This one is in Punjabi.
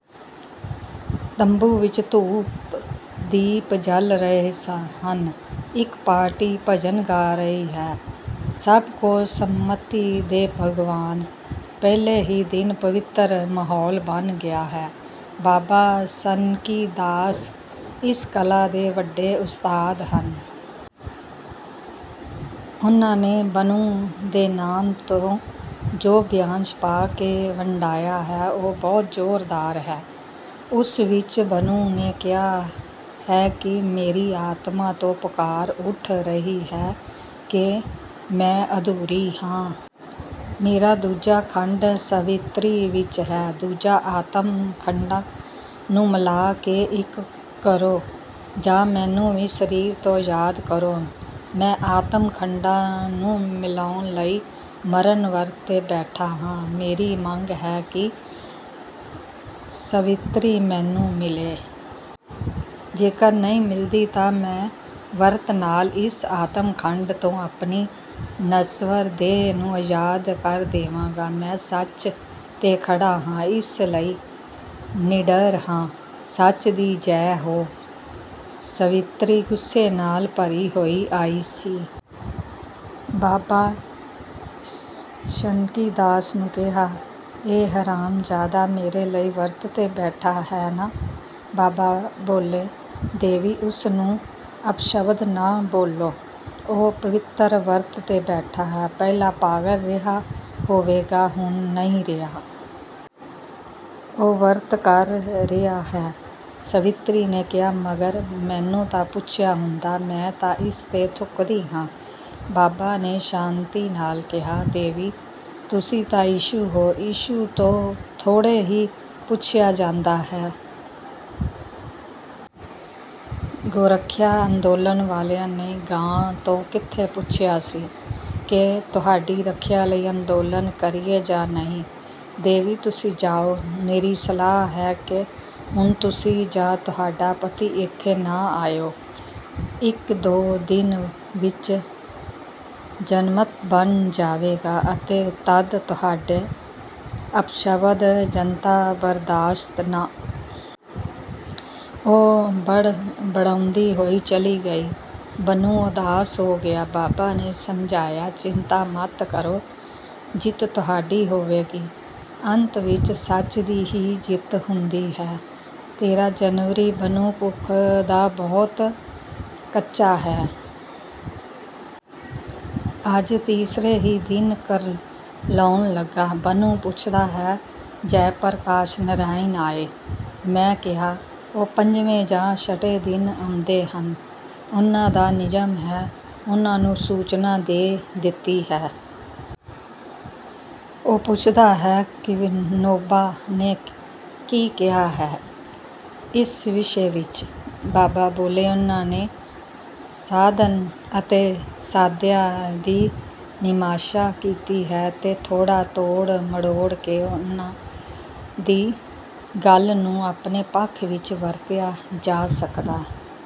ਤੰਬੂ ਵਿੱਚ ਧੂਪ -ਦੀਪ ਜਲ ਰਹੇ ਹਨ। ਇੱਕ ਪਾਰਟੀ ਭਜਨ ਗਾ ਰਹੀ ਹੈ । ਸਭ ਕੋ ਸੰਮਤੀ ਦੇ ਭਗਵਾਨ! ਪਹਿਲੇ ਹੀ ਦਿਨ ਪਵਿਤਰ ਮਾਹੌਲ ਬਣ ਗਿਆ ਹੈ। ਬਾਬਾ ਸਨਕੀਦਾਸ ਇਸ ਕਲਾ ਦੇ ਵੱਡੇ ਉਸਤਾਦ ਹਨ। ਉਨ੍ਹਾਂ ਨੇ ਬੰਨੂ ਦੇ ਨਾਮ ਤੋਂ ਜੋ ਬਿਆਨ ਛਪਾ ਕੇ ਵੰਡਾਇਆ ਹੈ, ਉਹ ਬਹੁਤ ਜੋਰਦਾਰ ਹੈ। ਉਸ ਵਿੱਚ ਬੰਨੂ ਨੇ ਕਿਹਾ ਹੈ ਕਿ ਮੇਰੀ ਆਤਮਾ ਤੋਂ ਪੁਕਾਰ ਉਠ ਰਹੀ ਹੈ ਕਿ ਮੈਂ ਅਧੂਰੀ ਹਾਂ। ਮੇਰਾ ਦੂਜਾ ਖੰਡ ਸਾਵਿਤਰੀ ਵਿੱਚ ਹੈ। ਦੂਜਾ ਆਤਮ ਖੰਡਾਂ ਨੂੰ ਮਿਲਾਕੇ ਇੱਕ ਕਰੋ ਜਾਂ ਮੈਨੂੰ ਵੀ ਸਰੀਰ ਤੋਂ ਜ਼ਾਦ ਕਰੋ। ਮੈਂ ਆਤਮ -ਖੰਡਾਂ ਨੂੰ ਮਿਲਾਉਣ ਲਈ ਮਰਨ ਵਰਤ ਤੇ ਬੈਠਾ ਹਾਂ। ਮੇਰੀ ਮੰਗ ਹੈ ਕਿ ਸਾਵਿਤਰੀ ਮੈਨੂੰ ਮਿਲੇ। ਜੇਕਰ ਨਹੀਂ ਮਿਲਦੀ ਤਾਂ ਮੈਂ ਵਰਤ ਨਾਲ ਇਸ ਆਤਮ -ਖੰਡ ਤੋਂ ਆਪਣੀ ਨਸ਼ਵਰ ਦੇਹ ਨੂੰ ਅਜ਼ਾਦ ਕਰ ਦੇਵਾਂਗਾ। ਮੈਂ ਸੱਚ ਤੇ ਖੜਾ ਹਾਂ, ਇਸ ਲਈ ਨਿਡਰ ਹਾਂ। ਸੱਚ ਦੀ ਜੈ ਹੋ! ਸਾਵਿਤਰੀ ਗ਼ੁੱਸੇ ਨਾਲ ਭਰੀ ਹੋਈ ਆਈ ਸੀ। ਬਾਬਾ ਸਨਕੀਦਾਸ ਨੂੰ ਕਿਹਾ, "ਇਹ ਹਰਾਮਜਾਦਾ ਮੇਰੇ ਲਈ ਵਰਤ ਤੇ ਬੈਠਾ ਹੈ ਨਾ? " ਬਾਬਾ ਬੋਲੇ, "ਦੇਵੀ, ਉਸਨੂੰ ਅਪਸ਼ਬਦ ਨਾ ਬੋਲੋ । ਉਹ ਪਵਿਤਰ ਵਰਤ ਤੇ ਬੈਠਾ ਹੈ। ਪਹਿਲਾਂ ਪਾਗਲ ਰਿਹਾ ਹੋਵੇਗਾ। ਹੁਣ ਨਹੀਂ ਰਿਹਾ। ਉਹ ਵਰਤ ਕਰ ਰਿਹਾ ਹੈ। " ਸਾਵਿਤਰੀ ਨੇ ਕਿਹਾ, "ਮਗਰ ਮੈਨੂੰ ਤਾਂ ਪੁੱਛਿਆ ਹੁੰਦਾ। ਮੈਂ ਤਾਂ ਇਸ ਤੇ ਥੁਕਦੀ ਹਾਂ। " ਬਾਬਾ ਨੇ ਸ਼ਾਂਤੀ ਨਾਲ ਕਿਹਾ, "ਦੇਵੀ, ਤੁਸੀਂ ਤਾਂ ਇਸ਼ੂ ਹੋ। ਇਸ਼ੂ ਤੋਂ ਥੋੜ੍ਹੇ ਹੀ ਪੁੱਛਿਆ ਜਾਂਦਾ ਹੈ। ਗੋਰੱਖਿਆ ਅੰਦੋਲਨ ਵਾਲਿਆਂ ਨੇ ਗਾਂ ਤੋਂ ਕਿੱਥੇ ਪੁੱਛਿਆ ਸੀ ਕਿ ਤੁਹਾਡੀ ਰੱਖਿਆ ਲਈ ਅੰਦੋਲਨ ਕਰੀਏ ਜਾਂ ਨਹੀਂ। ਦੇਵੀ, ਤੁਸੀਂ ਜਾਉ। ਮੇਰੀ ਸਲਾਹ ਹੈ ਕਿ ਹੁਣ ਤੁਸੀਂ ਜਾਂ ਤੁਹਾਡਾ ਪਤੀ ਇੱਥੇ ਨਾ ਆਇਉ। ਇੱਕ-ਦੋ ਦਿਨ ਵਿੱਚ ਜਨਮਤ ਬਣ ਜਾਵੇਗਾ ਅਤੇ ਤੱਦ ਤੁਹਾਡੇ ਅਪਸ਼ਬਦ ਜਨਤਾ ਬਰਦਾਸ਼ਤ ਨਹੀਂ ਕਰੇਗੀ। " ਉਹ ਬੜਬੜਾਉਂਦੀ ਹੋਈ ਚੱਲੀ ਗਈ। ਬੰਨੂ ਉਦਾਸ ਹੋ ਗਿਆ। ਬਾਬਾ ਨੇ ਸਮਝਾਇਆ, "ਚਿੰਤਾ ਮਤ ਕਰੋ। ਜਿੱਤ ਤੁਹਾਡੀ ਹੋਵੇਗੀ। ਅੰਤ ਵਿੱਚ ਸੱਚ ਦੀ ਹੀ ਜਿੱਤ ਹੁੰਦੀ ਹੈ। ਤੇਰ੍ਹਾਂ ਜਨਵਰੀ ਬੰਨੂ ਭੁੱਖ ਦਾ ਬਹੁਤ ਕੱਚਾ ਹੈ। ਅੱਜ ਤੀਸਰੇ ਹੀ ਦਿਨ ਕੁਰਲਾਉਣ ਲਗਾ। ਬੰਨੂ ਪੁੱਛਦਾ ਹੈ, "ਜੈ ਪ੍ਰਕਾਸ਼ ਨਰਾਇਣ ਆਏ? " ਮੈਂ ਕਿਹਾ, "ਉਹ ਪੰਜਵੇਂ ਜਾਂ ਛਠੇ ਦਿਨ ਆਉਂਦੇ ਹਨ। ਉਨ੍ਹਾਂ ਦਾ ਨਿਯਮ ਹੈ। ਉਨ੍ਹਾਂ ਨੂੰ ਸੂਚਨਾ ਦੇ ਦਿੱਤੀ ਹੈ। " ਉਹ ਪੁੱਛਦਾ ਹੈ, "ਵਿਨੋਬਾ ਨੇ ਕੀ ਕਿਹਾ ਹੈ ਇਸ ਵਿਸ਼ੇ ਵਿੱਚ? " ਬਾਬਾ ਬੋਲੇ, "ਉਨ੍ਹਾਂ ਨੇ ਸਾਧਨ ਅਤੇ ਸਾਧਿਆ ਦੀ ਮੀਮਾਂਸ਼ਾ ਕੀਤੀ ਹੈ, ਤੇ ਥੋੜ੍ਹਾ ਤੋੜ ਮਰੋੜ ਕੇ ਉਨ੍ਹਾਂ ਦੀ ਗੱਲ ਨੂੰ ਆਪਣੇ ਪੱਖ ਵਿੱਚ ਵਰਤਿਆ ਜਾ ਸਕਦਾ।